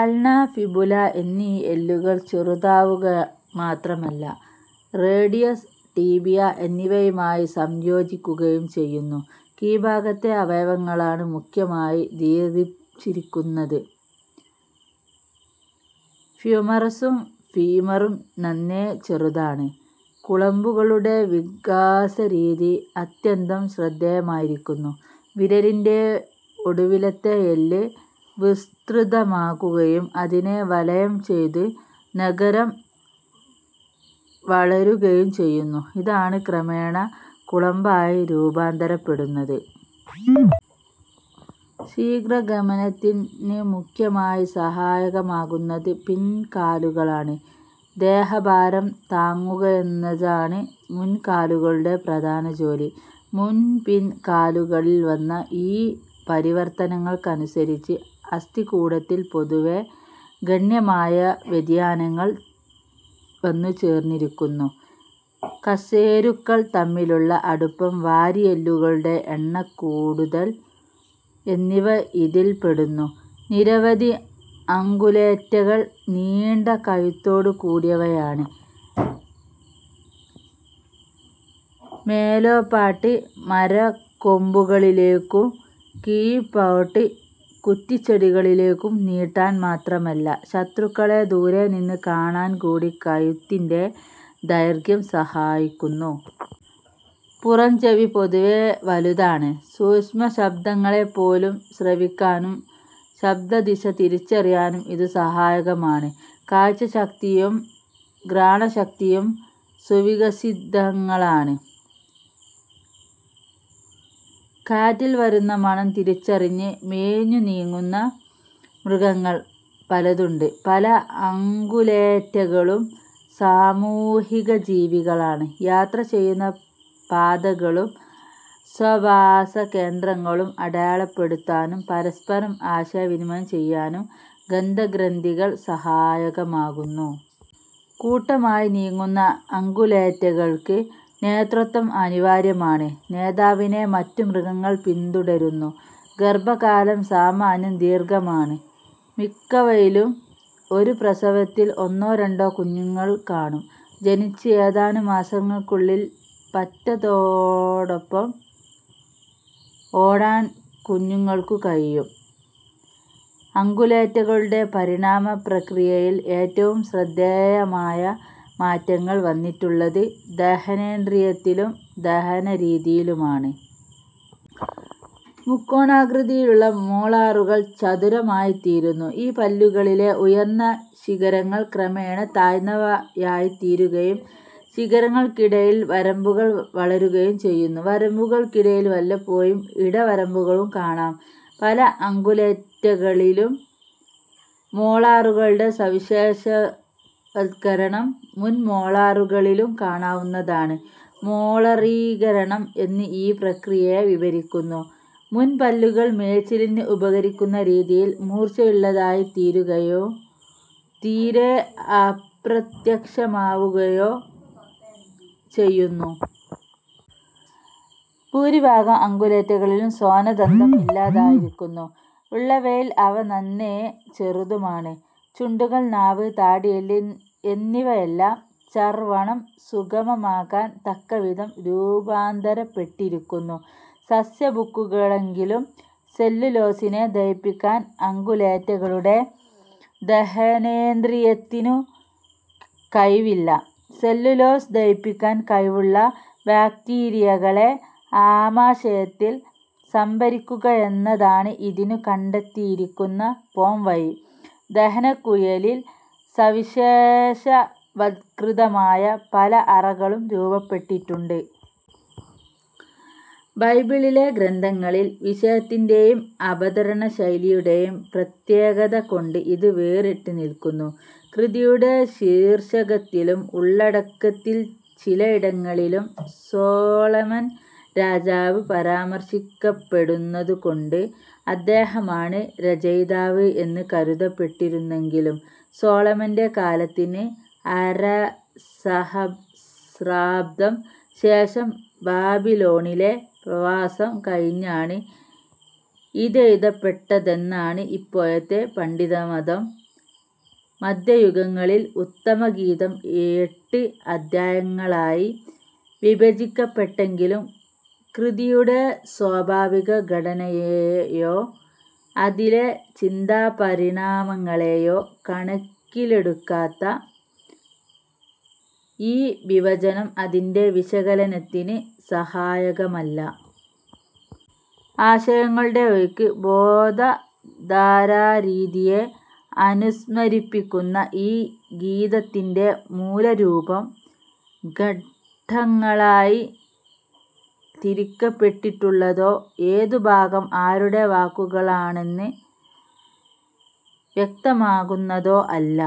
Ulna, fibula എന്നീ എല്ലുകൾ ചെറുതാവുകമാത്രമല്ല, റേഡിയസ്, ടിബിയ എന്നിവയുമായി സംയോജിക്കുകയും ചെയ്യുന്നു. കീഴ്ഭാഗത്തെ അവയവങ്ങളാണ് മുഖ്യമായി ദീർഘിച്ചിരിക്കുന്നത്. ഹ്യൂമറസും ഫീമറും നന്നേ ചെറുതാണ്. കുളമ്പുകളുടെ വികാസരീതി അത്യന്തം ശ്രദ്ധേയമായിരിക്കുന്നു. വിരലിന്റെ ഒടുവിലത്തെ എല്ല് വിസ്തൃതമാകുകയും അതിനെ വലയംചെയ്ത് നഖരം വളരുകയും ചെയ്യുന്നു. ഇതാണ് ക്രമേണ കുളമ്പായി രൂപാന്തരപ്പെടുന്നത്. ശീഘ്രഗമനത്തിന് മുഖ്യമായി സഹായകമാകുന്നത് പിൻകാലുകളാണ്. ദേഹഭാരം താങ്ങുകയെന്നതാണ് മുൻകാലുകളുടെ പ്രധാനജോലി. മുൻ-പിൻ കാലുകളിൽ വന്ന ഈ പരിവർത്തനങ്ങൾക്കനുസരിച്ച് അസ്ഥികൂടത്തിൽ പൊതുവേ ഗണ്യമായ വ്യതിയാനങ്ങൾ വന്നുചേർന്നിരിക്കുന്നു. കശേരുക്കൾ തമ്മിലുള്ള അടുപ്പം, വാരിയെല്ലുകളുടെ എണ്ണക്കൂടുതൽ എന്നിവ ഇതിൽപ്പെടുന്നു. നിരവധി അംഗുലേറ്റകൾ നീണ്ട കഴുത്തോടുകൂടിയവയാണ്. മേലപ്പാട്ട് മരക്കൊമ്പുകളിലേക്കും കീഴ്പ്പോട്ട് കുറ്റിച്ചെടികളിലേക്കും നീട്ടാൻ മാത്രമല്ല, ശത്രുക്കളെ ദൂരെനിന്ന് കാണാൻകൂടി കഴുത്തിന്റെ ദൈർഘ്യം സഹായിക്കുന്നു. പുറംചെവി പൊതുവേ വലുതാണ്. സൂക്ഷ്മശബ്ദങ്ങളെപ്പോലും ശ്രവിക്കാനും ശബ്ദദിശ തിരിച്ചറിയാനും ഇതു സഹായകമാണ്. കാഴ്ചശക്തിയും ഘ്രാണശക്തിയും സുവികസിതങ്ങളാണ്. കാറ്റിൽ വരുന്ന മണം തിരിച്ചറിഞ്ഞ് മേഞ്ഞുനീങ്ങുന്ന മൃഗങ്ങൾ പലതുണ്ട്. പല അംഗുലേറ്റകളും സാമൂഹികജീവികളാണ്. യാത്ര ചെയ്യുന്ന പാതകളും സ്വവാസകേന്ദ്രങ്ങളും അടയാളപ്പെടുത്താനും പരസ്പരം ആശയവിനിമയം ചെയ്യാനും ഗന്ധ ഗ്രന്ഥികൾ സഹായകമാകുന്നു. കൂട്ടമായി നീങ്ങുന്ന അംഗുലേറ്റകൾക്ക് നേതൃത്വം അനിവാര്യമാണ്. നേതാവിനെ മറ്റു മൃഗങ്ങൾ പിന്തുടരുന്നു. ഗർഭകാലം സാമാന്യം ദീർഘമാണ്. മിക്കവയിലും ഒരു പ്രസവത്തിൽ ഒന്നോ രണ്ടോ കുഞ്ഞുങ്ങൾ കാണും. ജനിച്ച് ഏതാനും മാസങ്ങൾക്കുള്ളിൽ പറ്റത്തോടൊപ്പം ഓടാൻ കുഞ്ഞുങ്ങൾക്കു കഴിയും. അംഗുലേറ്റകളുടെ പരിണാമ പ്രക്രിയയിൽ ഏറ്റവും ശ്രദ്ധേയമായ മാറ്റങ്ങൾ വന്നിട്ടുള്ളത് ദഹനേന്ദ്രിയത്തിലും ദഹനരീതിയിലുമാണ്. മുക്കോണാകൃതിയിലുള്ള മോളാറുകൾ ചതുരമായിത്തീരുന്നു. ഈ പല്ലുകളിലെ ഉയർന്ന ശിഖരങ്ങൾ ക്രമേണ താഴ്ന്നവയായിത്തീരുകയും ശിഖരങ്ങൾക്കിടയിൽ വരമ്പുകൾ വളരുകയും ചെയ്യുന്നു. വരമ്പുകൾക്കിടയിൽ പലപ്പോഴും ഇടവരമ്പുകളും കാണാം. പല അംഗുലേറ്റകളിലും മോളാറുകളുടെ സവിശേഷവത്കരണം മുൻമോളാറുകളിലും കാണാവുന്നതാണ്. മോളറീകരണം എന്ന് ഈ പ്രക്രിയയെ വിവരിക്കുന്നു. മുൻപല്ലുകൾ മേച്ചിലിന് ഉപകരിക്കുന്നരീതിയിൽ മൂർച്ചയുള്ളതായിത്തീരുകയോ തീരെ അപ്രത്യക്ഷമാകുകയോ ചെയ്യുന്നു. ഭൂരിഭാഗം അംഗുലേറ്റകളിലും ശ്വാനദന്തം ഇല്ലാതായിരിക്കുന്നു; ഉള്ളവയിൽ അവ നന്നേ ചെറുതുമാണ്. ചുണ്ടുകൾ, നാവ്, താടിയെല്ല് എന്നിവയെല്ലാം ചർവണം സുഗമമാക്കാൻ തക്കവിധം രൂപാന്തരപ്പെട്ടിരിക്കുന്നു. സസ്യഭുക്കുകളെങ്കിലും സെല്ലുലോസിനെ ദഹിപ്പിക്കാൻ അംഗുലേറ്റകളുടെ ദഹനേന്ദ്രിയത്തിനു കഴിവില്ല. സെല്ലുലോസ് ദഹിപ്പിക്കാൻ കഴിവുള്ള ബാക്റ്റീരിയകളെ ആമാശയത്തിൽ സംഭരിക്കുകയെന്നതാണ് ഇതിനു കണ്ടെത്തിയിരിക്കുന്ന പോംവഴി. ദഹനക്കുഴലിൽ സവിശേഷവത്കൃതമായ പല അറകളും രൂപപ്പെട്ടിട്ടുണ്ട്. ബൈബിളിലെ ഗ്രന്ഥങ്ങളിൽ വിഷയത്തിന്റേയും അവതരണശൈലിയുടേയും പ്രത്യേകത കൊണ്ട് ഇത് വേറിട്ട് നിൽക്കുന്നു. കൃതിയുടെ ശീർഷകത്തിലും ഉള്ളടക്കത്തിൽ ചിലയിടങ്ങളിലും സോളമൻ രാജാവ് പരാമർശിക്കപ്പെടുന്നതുകൊണ്ട്, അദ്ദേഹമാണ് രചയിതാവ് എന്ന് കരുതപ്പെട്ടിരുന്നെങ്കിലും, സോളമന്റെ കാലത്തിന് അരസഹസ്രാബ്ദം ശേഷം ബാബിലോണിലെ പ്രവാസം കഴിഞ്ഞാണ് ഇതെഴുതപ്പെട്ടതെന്നാണ് ഇപ്പോഴത്തെ പണ്ഡിതമതം. മദ്ധ്യയുഗങ്ങളിൽ, ഉത്തമഗീതം എട്ട് അദ്ധ്യായങ്ങളായി വിഭജിക്കപ്പെട്ടെങ്കിലും കൃതിയുടെ സ്വാഭാവിക ഘടനയേയോ അതിലെ ചിന്താപരിണാമങ്ങളേയോ കണക്കിലെടുക്കാത്ത ഈ വിഭജനം അതിന്റെ വിശകലനത്തിന് സഹായകമല്ല. ആശയങ്ങളുടെ ഒഴുക്ക് ബോധധാരാരീതിയെ അനുസ്മരിപ്പിക്കുന്ന ഈ ഗീതത്തിന്റെ മൂലരൂപം ഖണ്ഡങ്ങളായി തിരിക്കപ്പെട്ടിട്ടുള്ളതോ, ഏതുഭാഗം ആരുടെ വാക്കുകളാണെന്ന് വ്യക്തമാക്കുന്നതോ അല്ല.